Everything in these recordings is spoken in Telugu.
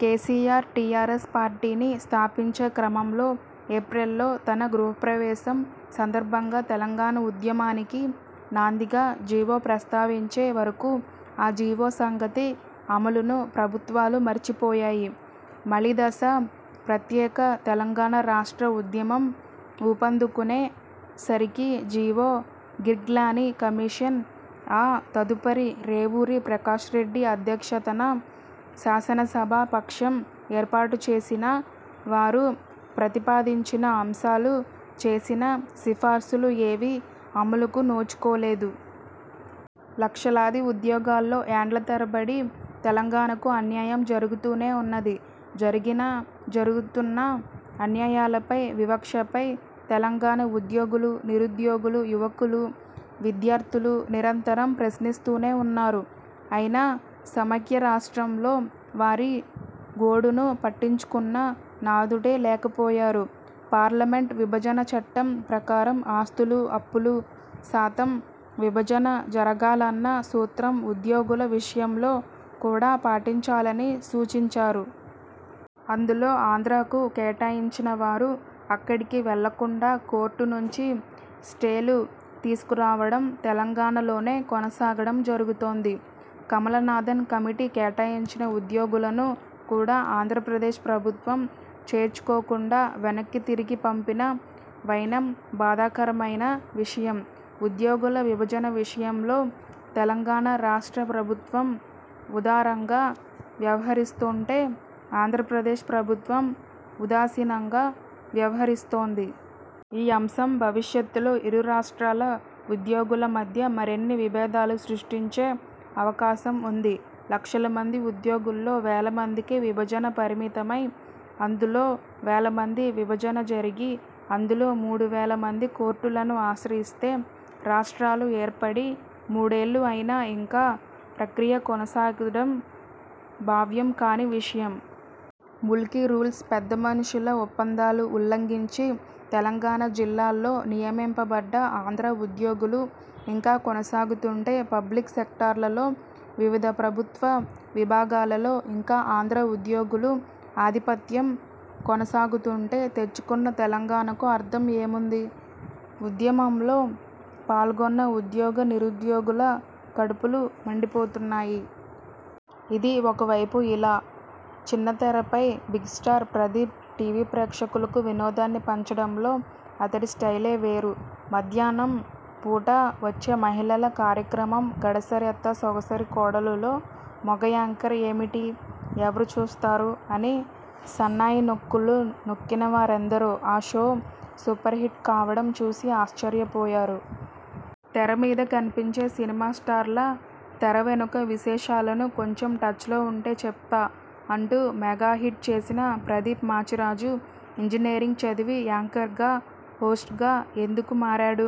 కేసీఆర్ టీఆర్ఎస్ పార్టీని స్థాపించే క్రమంలో ఏప్రిల్లో తన గృహప్రవేశం సందర్భంగా తెలంగాణ ఉద్యమానికి నాందిగా జీవో ప్రస్తావించే వరకు ఆ జీవో సంగతి అమలును ప్రభుత్వాలు మర్చిపోయాయి. మలిదశ ప్రత్యేక తెలంగాణ రాష్ట్ర ఉద్యమం ఊపందుకునే సరికి జీవో గిర్గ్లానీ కమిషన్, ఆ తదుపరి రేవూరి ప్రకాష్రెడ్డి అధ్యక్షతన శాసనసభా పక్షం ఏర్పాటుచేసినా, వారు ప్రతిపాదించిన అంశాలు, చేసిన సిఫార్సులు ఏవీ అమలుకు నోచుకోలేదు. లక్షలాది ఉద్యోగాల్లో ఏండ్ల తరబడి తెలంగాణకు అన్యాయం జరుగుతూనే ఉన్నది. జరిగిన, జరుగుతున్న అన్యాయాలపై, వివక్షపై తెలంగాణ ఉద్యోగులు, నిరుద్యోగులు, యువకులు, విద్యార్థులు నిరంతరం ప్రశ్నిస్తూనే ఉన్నారు. ఐనా సమైక్యరాష్ట్రంలో వారి గోడును పట్టించుకున్న నాథుడే లేకపోయారు. పార్లమెంట్ విభజన చట్టం ప్రకారం అస్తులు, అప్పులు, శాతం విభజన జరగాలన్న సూత్రం ఉద్యోగుల విషయంలో కూడా పాటించాలని సూచించారు. అందులో ఆంధ్రకు కేటాయించినవారు అక్కడికి వెళ్ళకుండా కోర్టు నుంచి స్టేలు తీసుకురావడం, తెలంగాణలోనే కొనసాగడం జరుగుతోంది. కమలనాధన్ కమిటీ కేటాయించిన ఉద్యోగులను కూడా ఆంధ్రప్రదేశ్ ప్రభుత్వం చేర్చుకోకుండా వెనక్కి తిరిగి పంపిన వైనం బాధాకరమైన విషయం. ఉద్యోగుల విభజన విషయంలో తెలంగాణ రాష్ట్ర ప్రభుత్వం ఉదారంగా వ్యవహరిస్తోంటే, ఆంధ్రప్రదేశ్ ప్రభుత్వం ఉదాసీనంగా వ్యవహరిస్తోంది. ఈ అంశం భవిషత్తులో ఇరు రాష్ట్రాల ఉద్యోగుల మధ్య మరిన్ని విభేదాలు సృష్టించే అవకాశం ఉంది. లక్షల మంది ఉద్యోగుల్లో వేల మందికి విభజన పరిమితమై, అందులో వేల మంది విభజన జరిగి అందులో మూడువేల మంది కోర్టులను ఆశ్రయిస్తే, రాష్ట్రాలు ఏర్పడి మూడేళ్ళు అయినా ఇంకా పక్రియ కొనసాగడం భావ్యం కాని విషయం. ముల్కీ రూల్స్, పెద్దమనుషుల ఒప్పందాలు ఉల్లంఘించి తెలంగాణ జిల్లాల్లో నియమింపబడ్డ ఆంధ్ర ఉద్యోగులు ఇంకా కొనసాగుతుంటే పబ్లిక్ సెక్టార్లలో వివిధ ప్రభుత్వ విభాగాలలో ఇంకా ఆంధ్ర ఉద్యోగులు ఆధిపత్యం కొనసాగుతుంటే తెచ్చుకొన్న తెలంగాణకు అర్థం ఏముంది? ఉద్యమంలో పాల్గొన్న ఉద్యోగ – నిరుద్యోగుల కడుపులు మండిపోతున్నాయి. ఇది ఒక వైపు ఇలా। చిన్నితెరపై బిగ్స్టార్ ప్రదీప్. టీవీ ప్రేక్షకులకు వినోదాన్ని పంచడంలో అతడి స్టయిలే వేరు. మధ్యాహ్నం పూట వచ్చే మహిళల కార్యక్రమం 'గడసరి అత్త సొగసరి కోడలు'లో మగ యాంకర్ ఏమిటీ? ఎవరు చూస్తారు? అని సన్నాయినొక్కులు నొక్కినవారెందరో ఆ 'షో' సూపర్హిట్ కావడం చూసి ఆశ్చర్యపోయారు. తెరమీద కనిపించే సినిమా స్టార్ల తెర వెనుక విశేషాలను 'కొంచెం టచ్లో ఉంటే చెప్తా' అంటూ మెగాహిట్ చేసిన ప్రదీప్ మాచిరాజు ఇంజనీరింగ్ చదివి యాంకర్గా, హోస్ట్గా ఎందుకు మారాడు?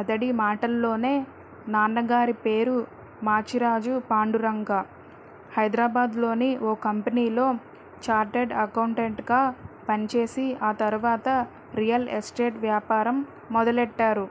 అతడి మాటల్లోనే నాన్నగారి పేరు మాచిరాజు పాండురంగ. హైదరాబాద్లోని ఓ కంపెనీలో చార్టర్డ్ అకౌంటెంట్గా పనిచేసి ఆ తర్వాత రియల్ ఎస్టేట్ వ్యాపారం మొదలెట్టారు.